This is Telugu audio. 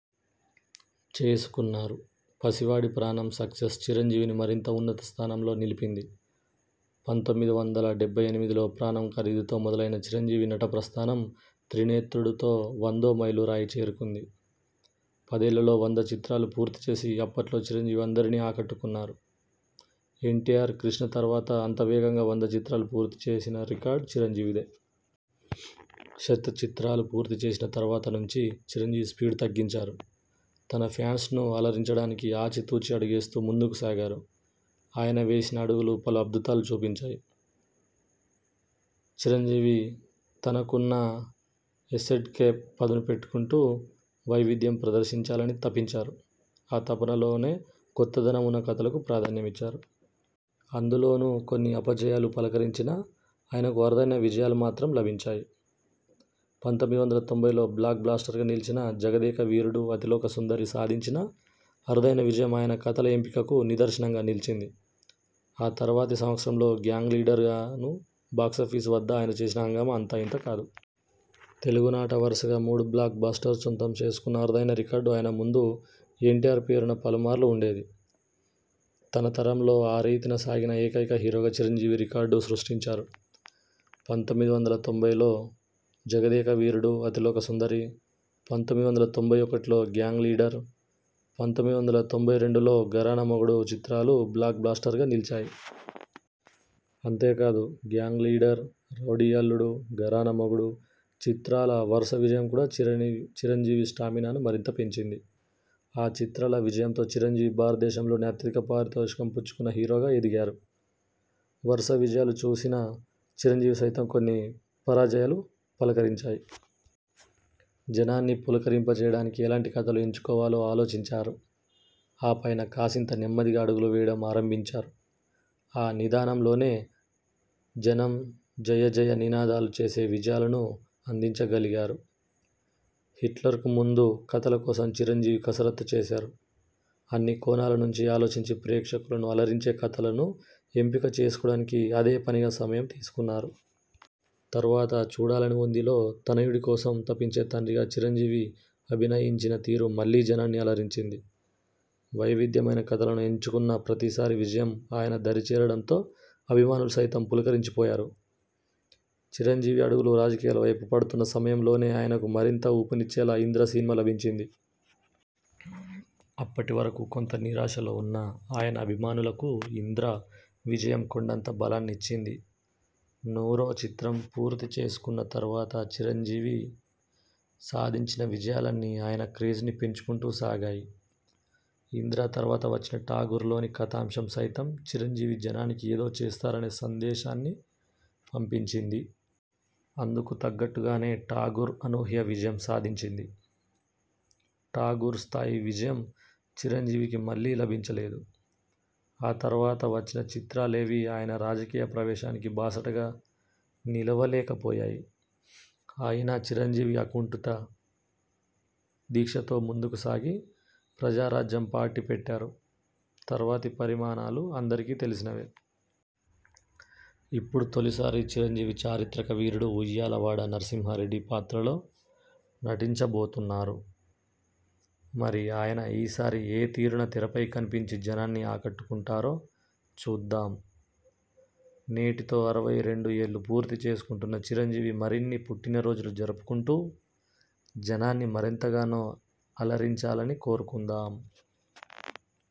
చేసుకున్నారు. 'పసివాడి ప్రాణం' సక్సెస్ చిరంజీవిని మరింత ఉన్నత స్థానంలో నిలిపింది. పంతొమ్మిది వందల డెబ్బై ఎనిమిదిలో 'ప్రాణం ఖరీదు'తో మొదలైన చిరంజీవి నటప్రస్థానం 'త్రినేత్రుడు'తో వందో మైలురాయి చేరుకుంది. పదేళ్ళలో వంద చిత్రాలు పూర్తి చేసి, అప్పట్లో చిరంజీవి అందరినీ ఆకట్టుకున్నారు. ఎన్టీఆర్, కృష్ణ తరువాత అంత వేగంగా వంద చిత్రాలను పూర్తి చేసిన రికార్డ్ చిరంజీవిదే. శత చిత్రాలు పూర్తి చేసిన తరువాత నుంచీ చిరంజీవి స్పీడు తగ్గించారు. తన ఫ్యాన్స్ను అలరించడానికి ఆచి తూచి అడుగేస్తూ ముందుకు సాగారు. ఆయన వేసిన అడుగులు పలు అధ్భుతాలు చూపించాయి. చిరంజీవి తనకున్న ఎస్సెట్స్కే పదును పెట్టుకుంటూ వైవిధ్యం ప్రదర్శించాలని తపించారు. ఆ తపన లోనే కొత్త దనం ఉన్న కథలకు ప్రాధాన్యమిచ్చారు. అందులోనూ కొన్ని అపజయాలు పలకరించినా, ఆయనకు అరుదైన విజయాలు మాత్రం లభించాయి. పంతొమ్మిది వందల తొంభైలో బ్లాక్ బస్టర్గా నిలచిన 'జగదేక వీరుడు, అతిలోక సుందరి' సాధించిన అరుదైన విజయం ఆయన కథల ఎంపికకు నిదర్శనంగా నిలచింది. ఆ తరువాతి సంవత్సరంలో 'గ్యాంగ్ లీడర్' గానూ బాక్సాఫీస్ వద్ద ఆయన చేసిన హంగామా అంతా ఇంతా కాదు. తెలుగునాట వరుసగా మూడు బ్లాక్ బస్టర్స్ సొంతం చేసుకున్న అరుదైన రికార్డు అంతకు ముందు ఎన్టీఆర్ పేరున పలుమార్లు ఉండేది. తన తరంలో ఆ రీతిన సాగిన ఏకైక హీరోగా చిరంజీవి రికార్డు సృష్టించారు. పంతొమ్మిది వందల తొంభైలో 'జగదేకవీరుడు, అతిలోకసుందరి', పంతొమ్మిది వందల తొంభై ఒకటిలో 'గ్యాంగ్ లీడర్', పంతొమ్మిది వందల తొంభై రెండులో 'ఘరానామొగుడు' చిత్రాలు బ్లాక్ బస్టర్స్గా నిలిచాయి. అంతేకాదు 'గ్యాంగ్ లీడర్, రౌడీ అల్లుడు, ఘరానా మొగుడు' చిత్రాల వరుస విజయం కూడా చిరంజీవి స్టామినాను మరింతగా పెంచింది. ఆ చిత్రాల విజయంతో చిరంజీవి భారతదేశం లోనే అత్యధిక పారితోషికం పుచ్చుకున్న హీరోగా ఎదిగారు. వరుస విజయాలు చూసిన చిరంజీవిని సైతం కొన్ని పరాజయాలు పలకరించాయి. జనాన్ని పులకరింప చేయడానికి ఎలాంటి కథలు ఎంచుకోవాలో ఆలోచించారు. ఆ పైన కాసింత నెమ్మదిగా అడుగులు వేయడం ఆరంభించారు. ఆ నిదానం లోనే జనం జయజయ నినాదాలు చేసే విజయాలను అందించగలిగారు. 'హిట్లర్'కు ముందు కథల కోసం చిరంజీవి కసరత్తు చేశారు. అన్ని కోణాల నుంచీ ఆలోచించి ప్రేక్షకులను అలరించే కథలను ఎంపిక చేసుకోవడానికి అదే పనిగా సమయం తీసుకున్నారు. తరువాత 'చూడాలనివుంది'లో తనయుడి కోసం తపించే తండ్రిగా చిరంజీవి అభినయించిన తీరు మళ్ళీ జనాన్ని అలరించింది. వై విధ్యమైన కథలను ఎంచుకున్న ప్రతీసారి విజయం ఆయన దరి చేరడంతో అభిమానులు సైతం పులకించి పోయారు. చిరంజీవి అడుగులు రాజకీయాల వైపు పడుతున్న సమయంలోనే ఆయనకు మరింత ఊపు నిచ్చేలా 'ఇంద్ర' సినిమా లభించింది. అప్పటి వరకు కొంత నిరాశలో ఉన్న ఆయన అభిమానులకు 'ఇంద్ర' విజయం కొండంత బలాన్నిచ్చింది. నూరో చిత్రం పూర్తి చేసుకున్న తరువాత నుంచీ చిరంజీవి సాధించిన విజయాలన్నీ ఆయన క్రేజ్ను పెంచుకుంటూ సాగాయి. 'ఇంద్ర' తరువాత వచ్చిన 'ఠాగూర్' లోని కథాంశం సైతం చిరంజీవి జనానికి ఏదో చేస్తారనే సందేశాన్ని పంపించింది. అందుకు తగ్గట్టుగానే 'ఠాగూర్' అనూహ్య విజయం సాధించింది. 'ఠాగూర్' స్థాయి విజయం చిరంజీవికి మళ్ళీ లభించలేదు. ఆ తరువాత వచ్చిన చిత్రాలేవీ ఆయన రాజకీయ ప్రవేశానికి బాసటగా నిలవలేకపోయాయి. అయినా చిరంజీవి అకుంటిత దీక్షతో ముందుకు సాగి 'ప్రజారాజ్యం' పార్టీ పెట్టారు. తరువాతి పరిణామాలు అందరికీ తెలిసినవే. ఇప్పుడు తొలిసారి చిరంజీవి చారిత్రక వీరుడు 'ఉయ్యాలవాడ నరసింహారెడ్డి' పాత్రలో నటించబోతున్నారు. మరి ఆయన ఈ సారి ఏ తీరున తెరపై కనిపించి జనాన్ని ఆకట్టుకుంటారో చూద్దాం. నేటితో అరవై రెండు ఏళ్ళు పూర్తి చేసుకుంటున్న చిరంజీవి మరిన్ని పుట్టినరోజులు జరుపుకుంటూ, జనాన్ని మరెంతగానో అలరించాలని కోరుకుందాం.